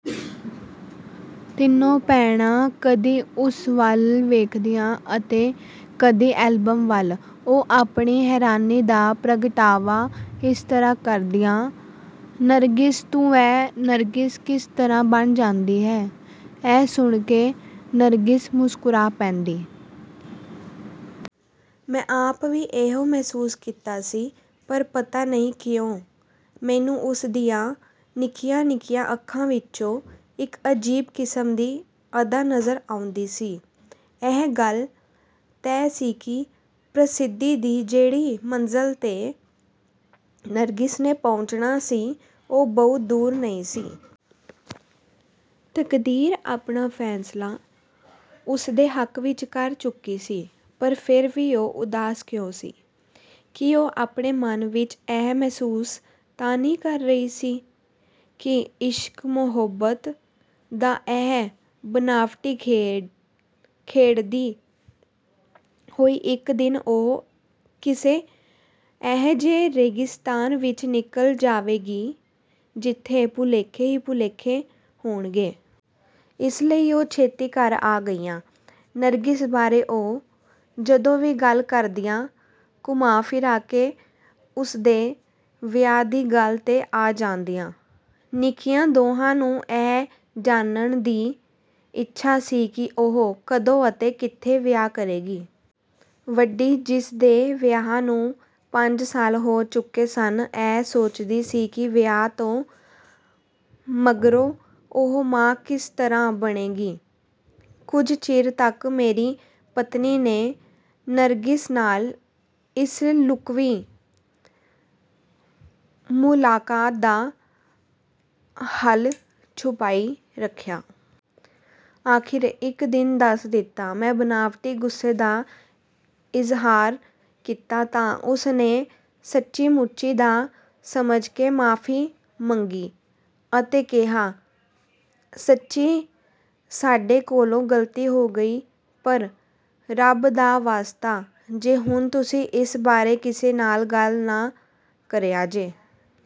ਤਿੰਨੇ ਭੈਣਾਂ ਕਦੀ ਉਸ ਵੱਲ ਵੇਖਦੀਆਂ ਅਤੇ ਕਦੀ ਐਲਬਮ ਵੱਲ। ਉਹ ਆਪਣੀ ਹੈਰਾਨੀ ਦਾ ਪ੍ਰਗਟਾਵਾ ਇਸ ਤਰ੍ਹਾਂ ਕਰਦੀਆਂ "ਨਰਗਿਸ ਤੂੰ ਇਹ ਨਰਗਿਸ ਕਿਸ ਤਰ੍ਹਾਂ ਬਣ ਜਾਂਦੀ ਹੈ?" ਇਹ ਸੁਣ ਕੇ ਨਰਗਿਸ ਮੁਸਕਰਾ ਪੈਂਦੀ। ਮੈਂ ਆਪ ਵੀ ਇਹੋ ਮਹਿਸੂਸ ਕੀਤਾ ਸੀ ਪਰ ਪਤਾ ਨਹੀਂ ਕਿਉਂ ਮੈਨੂੰ ਉਸ ਦੀਆਂ ਨਿੱਕੀਆਂ ਨਿੱਕੀਆਂ ਅੱਖਾਂ ਵਿੱਚੋਂ ਇੱਕ ਅਜੀਬ ਕਿਸਮ ਦੀ ਅਦਾ ਨਜ਼ਰ ਆਉਂਦੀ ਸੀ। ਇਹ ਗੱਲ ਤੈਅ ਸੀ ਕਿ ਪ੍ਰਸਿੱਧੀ ਦੀ ਜਿਹੜੀ ਮੰਜ਼ਲ ਤੇ ਨਰਗਿਸ ਨੇ ਪਹੁੰਚਣਾ ਸੀ ਉਹ ਬਹੁਤ ਦੂਰ ਨਹੀਂ ਸੀ। ਤਕਦੀਰ ਆਪਣਾ ਫੈਸਲਾ ਉਸਦੇ ਹੱਕ ਵਿੱਚ ਕਰ ਚੁੱਕੀ ਸੀ ਪਰ ਫਿਰ ਵੀ ਉਹ ਉਦਾਸ ਕਿਉਂ ਸੀ? ਕੀ ਉਹ ਆਪਣੇ ਮਨ ਵਿੱਚ ਇਹ ਮਹਿਸੂਸ ਤਾਂ ਨਹੀਂ ਕਰ ਰਹੀ ਸੀ ਕਿ ਇਸ਼ਕ-ਮੁਹੱਬਤ ਦਾ ਇਹ ਬਨਾਵਟੀ ਖੇਲ ਖੇਡਦੀ ਹੋਈ ਇੱਕ ਦਿਨ ਉਹ ਕਿਸੇ ਅਜਿਹੇ ਰੇਗਿਸਤਾਨ ਵਿੱਚ ਨਿਕਲ ਜਾਵੇਗੀ ਜਿੱਥੇ ਭੁਲੇਖੇ ਹੀ ਭੁਲੇਖੇ ਹੋਣਗੇ। ਇਸ ਲਈ ਉਹ ਛੇਤੀ ਘਰ ਆ ਗਈਆਂ। ਨਰਗਿਸ ਬਾਰੇ ਉਹ ਜਦੋਂ ਵੀ ਗੱਲ ਕਰਦੀਆਂ ਘੁੰਮਾ ਫਿਰਾ ਕੇ ਉਸ ਦੇ ਵਿਆਹ ਦੀ ਗੱਲ ਤੇ ਆ ਜਾਂਦੀਆਂ। ਨਿੱਕੀਆਂ ਦੋਹਾਂ ਨੂੰ ਇਹ ਜਾਣਨ ਦੀ ਇੱਛਾ ਸੀ ਕਿ ਉਹ ਕਦੋਂ ਅਤੇ ਕਿੱਥੇ ਵਿਆਹ ਕਰੇਗੀ? ਵੱਡੀ ਜਿਸ ਦੇ ਵਿਆਹ ਨੂੰ ਪੰਜ ਸਾਲ ਹੋ ਚੁੱਕੇ ਸਨ ਇਹ ਸੋਚਦੀ ਸੀ ਕਿ ਵਿਆਹ ਤੋਂ ਮਗਰੋਂ ਉਹ ਮਾਂ ਕਿਸ ਤਰ੍ਹਾਂ ਬਣੇਗੀ। ਕੁਝ ਚਿਰ ਤੱਕ ਮੇਰੀ ਪਤਨੀ ਨੇ ਨਰਗਿਸ ਨਾਲ ਇਸ ਲੁਕਵੀਂ ਮੁਲਾਕਾਤ ਦਾ ਹਾਲ ਛੁਪਾਈ ਰੱਖਿਆ। ਆਖਰ ਇੱਕ ਦਿਨ ਦੱਸ ਦਿੱਤਾ। ਮੈਂ ਬਨਾਵਟੀ ਗੁੱਸੇ ਦਾ ਇਜ਼ਹਾਰ ਕੀਤਾ ਤਾਂ ਉਸ ਨੇ ਸੱਚੀ-ਮੁੱਚੀ ਦਾ ਸਮਝ ਕੇ ਮਾਫ਼ੀ ਮੰਗੀ ਅਤੇ ਕਿਹਾ "ਸੱਚੀਂ ਸਾਡੇ ਕੋਲੋਂ ਗਲਤੀ ਹੋ ਗਈ ਪਰ ਰੱਬ ਦਾ ਵਾਸਤਾ ਜੇ ਹੁਣ ਤੁਸੀਂ ਇਸ ਬਾਰੇ ਕਿਸੇ ਨਾਲ ਗੱਲ ਨਾ ਕਰਿਆ ਜੇ।"